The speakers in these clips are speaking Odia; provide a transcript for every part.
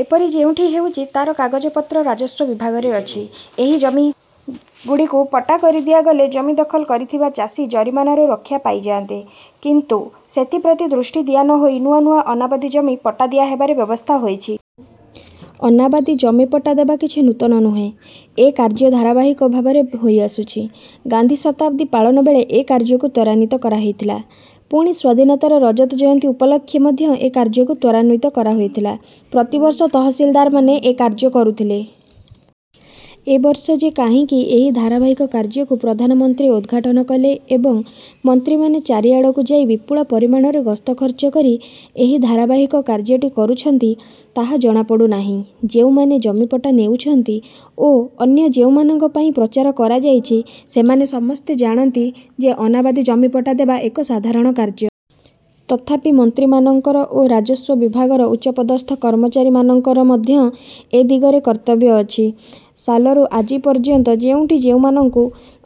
ଏପରି ଯେଉଁଠି ହେଉଛି ତା'ର କାଗଜପତ୍ର ରାଜସ୍ୱ ବିଭାଗରେ ଅଛି। ଏହି ଜମିଗୁଡ଼ିକୁ ପଟ୍ଟା କରି ଦିଆଗଲେ ଜମି ଦଖଲ କରିଥିବା ଚାଷୀ ଜରିମାନାରୁ ରକ୍ଷା ପାଇଯାଆନ୍ତେ। କିନ୍ତୁ ସେଥିପ୍ରତି ଦୃଷ୍ଟି ଦିଆ ନହୋଇ ନୂଆ ନୂଆ ଅନାବାଦୀ ଜମି ପଟ୍ଟା ଦିଆହେବାର ବ୍ୟବସ୍ଥା ହୋଇଛି। ଅନାବାଦୀ ଜମିପଟ୍ଟା ଦେବା କିଛି ନୂତନ ନୁହେଁ। ଏ କାର୍ଯ୍ୟ ଧାରାବାହିକ ଭାବରେ ହୋଇଆସୁଛି। ଗାନ୍ଧୀ ଶତାବ୍ଦୀ ପାଳନ ବେଳେ ଏ କାର୍ଯ୍ୟକୁ ତ୍ୱରାନ୍ୱିତ କରାହୋଇଥିଲା। ପୁଣି ସ୍ୱାଧୀନତାର ରଜତ ଜୟନ୍ତୀ ଉପଲକ୍ଷେ ମଧ୍ୟ ଏ କାର୍ଯ୍ୟକୁ ତ୍ୱରାନ୍ୱିତ କରାହୋଇଥିଲା। ପ୍ରତିବର୍ଷ ତହସିଲଦାରମାନେ ଏ କାର୍ଯ୍ୟ କରୁଥିଲେ-। ଏ ବର୍ଷ ଯେ କାହିଁକି ଏହି ଧାରାବାହିକ କାର୍ଯ୍ୟକୁ ପ୍ରଧାନମନ୍ତ୍ରୀ ଉଦ୍ଘାଟନ କଲେ ଏବଂ ମନ୍ତ୍ରୀମାନେ। ଚାରିଆଡ଼କୁ ଯାଇ ବିପୁଳ ପରିମାଣରେ ଗସ୍ତ ଖର୍ଚ୍ଚ କରି ଏହି ଧାରାବାହିକ କାର୍ଯ୍ୟଟି କରୁଛନ୍ତି ତାହା ଜଣାପଡ଼ୁ ନାହିଁ। ଯେଉଁମାନେ ଜମିପଟ୍ଟା ନେଉଛନ୍ତି ଓ ଅନ୍ୟ ଯେଉଁମାନଙ୍କ ପାଇଁ ପ୍ରଚାର କରାଯାଇଛି, ସେମାନେ ସମସ୍ତେ ଜାଣନ୍ତି ଯେ ଅନାବାଦୀ ଜମିପଟ୍ଟା ଦେବା ଏକ ସାଧାରଣ କାର୍ଯ୍ୟ। ତଥାପି ମନ୍ତ୍ରୀମାନଙ୍କର ଓ ରାଜସ୍ୱ ବିଭାଗର ଉଚ୍ଚପଦସ୍ଥ କର୍ମଚାରୀ ମାନଙ୍କର ମଧ୍ୟ ଏ ଦିଗରେ କର୍ତ୍ତବ୍ୟ ଅଛି। ସାଲରୁ ଆଜି ପର୍ଯ୍ୟନ୍ତ ଯେଉଁଠି ଯେଉଁମାନଙ୍କୁ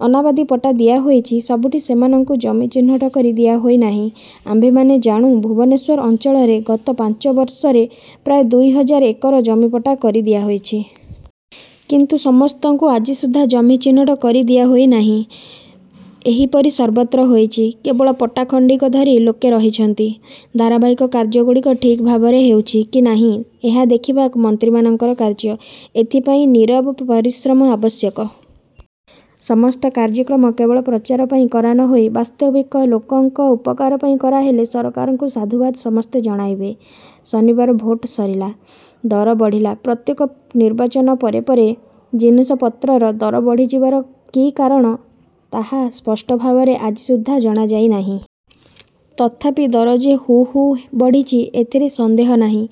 ଅନାବାଦୀ ପଟ୍ଟା ଦିଆହୋଇଛି ସବୁଠି ସେମାନଙ୍କୁ ଜମି ଚିହ୍ନଟ କରି ଦିଆହୋଇ ନାହିଁ। ଆମ୍ଭେମାନେ ଜାଣୁଁ ଭୁବନେଶ୍ୱର ଅଞ୍ଚଳରେ ଗତ ପାଞ୍ଚ ବର୍ଷରେ ପ୍ରାୟ ଦୁଇ ହଜାର ଏକର ଜମିପଟ୍ଟା କରି ଦିଆହୋଇଛି-। କିନ୍ତୁ ସମସ୍ତଙ୍କୁ ଆଜି ସୁଦ୍ଧା ଜମି ଚିହ୍ନଟ କରି ଦିଆହୋଇ ନାହିଁ। ଏହିପରି ସର୍ବତ୍ର ହୋଇଛି-। କେବଳ ପଟ୍ଟା ଖଣ୍ଡିକ ଧରି ଲୋକେ ରହିଛନ୍ତି। ଧାରାବାହିକ କାର୍ଯ୍ୟଗୁଡ଼ିକ ଠିକ ଭାବରେ ହେଉଛି କି ନାହିଁ, ଏହା ଦେଖିବା ମନ୍ତ୍ରୀମାନଙ୍କ କାର୍ଯ୍ୟ। ଏଥିପାଇଁ ନୀରବ ପରିଶ୍ରମ ଆବଶ୍ୟକ-। ସମସ୍ତ କାର୍ଯ୍ୟକ୍ରମ କେବଳ ପ୍ରଚାର ପାଇଁ କରା ନହୋଇ ବାସ୍ତବିକ ଲୋକଙ୍କ ଉପକାର ପାଇଁ କରାହେଲେ ସରକାରଙ୍କୁ ସାଧୁବାଦ ସମସ୍ତେ ଜଣାଇବେ। ଶନିବାର ଭୋଟ ସରିଲା; ଦର ବଢ଼ିଲା ପ୍ରତ୍ୟେକ ନିର୍ବାଚନ ପରେ ପରେ ଜିନିଷପତ୍ରର ଦର ବଢ଼ିଯିବାର କି କାରଣ ତାହା ସ୍ପଷ୍ଟ ଭାବରେ ଆଜିସୁଦ୍ଧା ଜଣା ଯାଇନାହିଁ। ତଥାପି ଦର ଯେ ହୁ ହୁ ବଢ଼ିଛି ଏଥିରେ ସନ୍ଦେହ ନାହିଁ।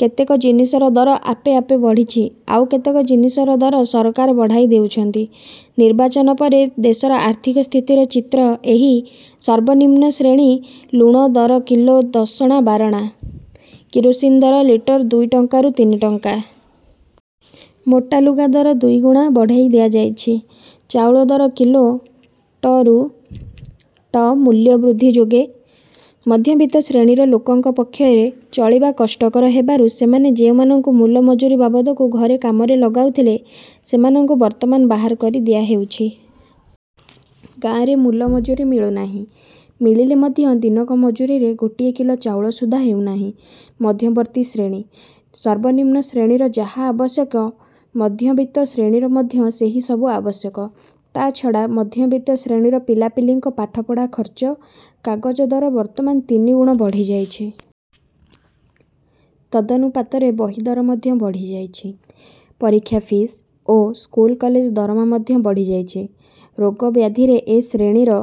କେତେକ ଜିନିଷର ଦର ଆପେ ଆପେ ବଢ଼ିଛି; ଆଉ କେତେକ ଜିନିଷର ଦର ସରକାର ବଢ଼ାଇ ଦେଉଛନ୍ତି। ନିର୍ବାଚନ ପରେ ଦେଶର ଆର୍ଥିକ ସ୍ଥିତିର ଚିତ୍ର ଏହି- ସର୍ବନିମ୍ନ ଶ୍ରେଣୀ-ଲୁଣ ଦର କିଲୋ ଦଶଣା-ବାରଣା, କିରାସିନୀ ଦର ଲିଟର ଦୁଇ ଟଙ୍କାରୁ ତିନିଟଙ୍କା। ମୋଟା ଲୁଗା ଦର ଦୁଇଗୁଣ ବଢ଼ାଇ ଦିଆହୋଇଛି। ଚାଉଳ ଦର କିଲୋ ଟ ରୁ ଟ ମୂଲ୍ୟ ବୃଦ୍ଧି ଯୋଗେ ମଧ୍ୟବିତ୍ତ ଶ୍ରେଣୀର ଲୋକଙ୍କ ପକ୍ଷରେ ଚଳିବା କଷ୍ଟକର ହେବାରୁ ସେମାନେ ଯେଉଁମାନଙ୍କୁ ମୂଲ-ମଜୁରୀ ବାବଦକୁ ଘରେ କାମରେ ଲଗାଉଥିଲେ ସେମାନଙ୍କୁ ବର୍ତ୍ତମାନ ବାହାର କରି ଦିଆହେଉଛି। ଗାଁରେ ମୂଲ ମଜୁରୀ ମିଳୁନାହିଁ। ମିଳିଲେ ମଧ୍ୟ ଦିନକ ମଜୁରୀରେ ଗୋଟିଏ କିଲୋ ଚାଉଳ ସୁଦ୍ଧା ହେଉନାହିଁ। ମଧ୍ୟବର୍ତ୍ତୀ ଶ୍ରେଣୀ- ସର୍ବନିମ୍ନ ଶ୍ରେଣୀର ଯାହା ଆବଶ୍ୟକ ମଧ୍ୟବିତ୍ତ ଶ୍ରେଣୀର ମଧ୍ୟ ସେହିସବୁ ଆବଶ୍ୟକ। ତା' ଛଡ଼ା ମଧ୍ୟବିତ୍ତ ଶ୍ରେଣୀର ପିଲା-ପିଲିଙ୍କ ପାଠପଢ଼ା ଖର୍ଚ୍ଚ। କାଗଜ ଦର ବର୍ତ୍ତମାନ ତିନିଗୁଣ ବଢ଼ିଯାଇଛି। ତଦନୁପାତରେ ବହି ଦର ମଧ୍ୟ ବଢ଼ିଯାଇଛି। ପରୀକ୍ଷା ଫିସ୍ ଓ ସ୍କୁଲ କଲେଜ ଦରମା ମଧ୍ୟ ବଢ଼ିଯାଇଛି। ରୋଗ ବ୍ୟାଧିରେ ଏ ଶ୍ରେଣୀର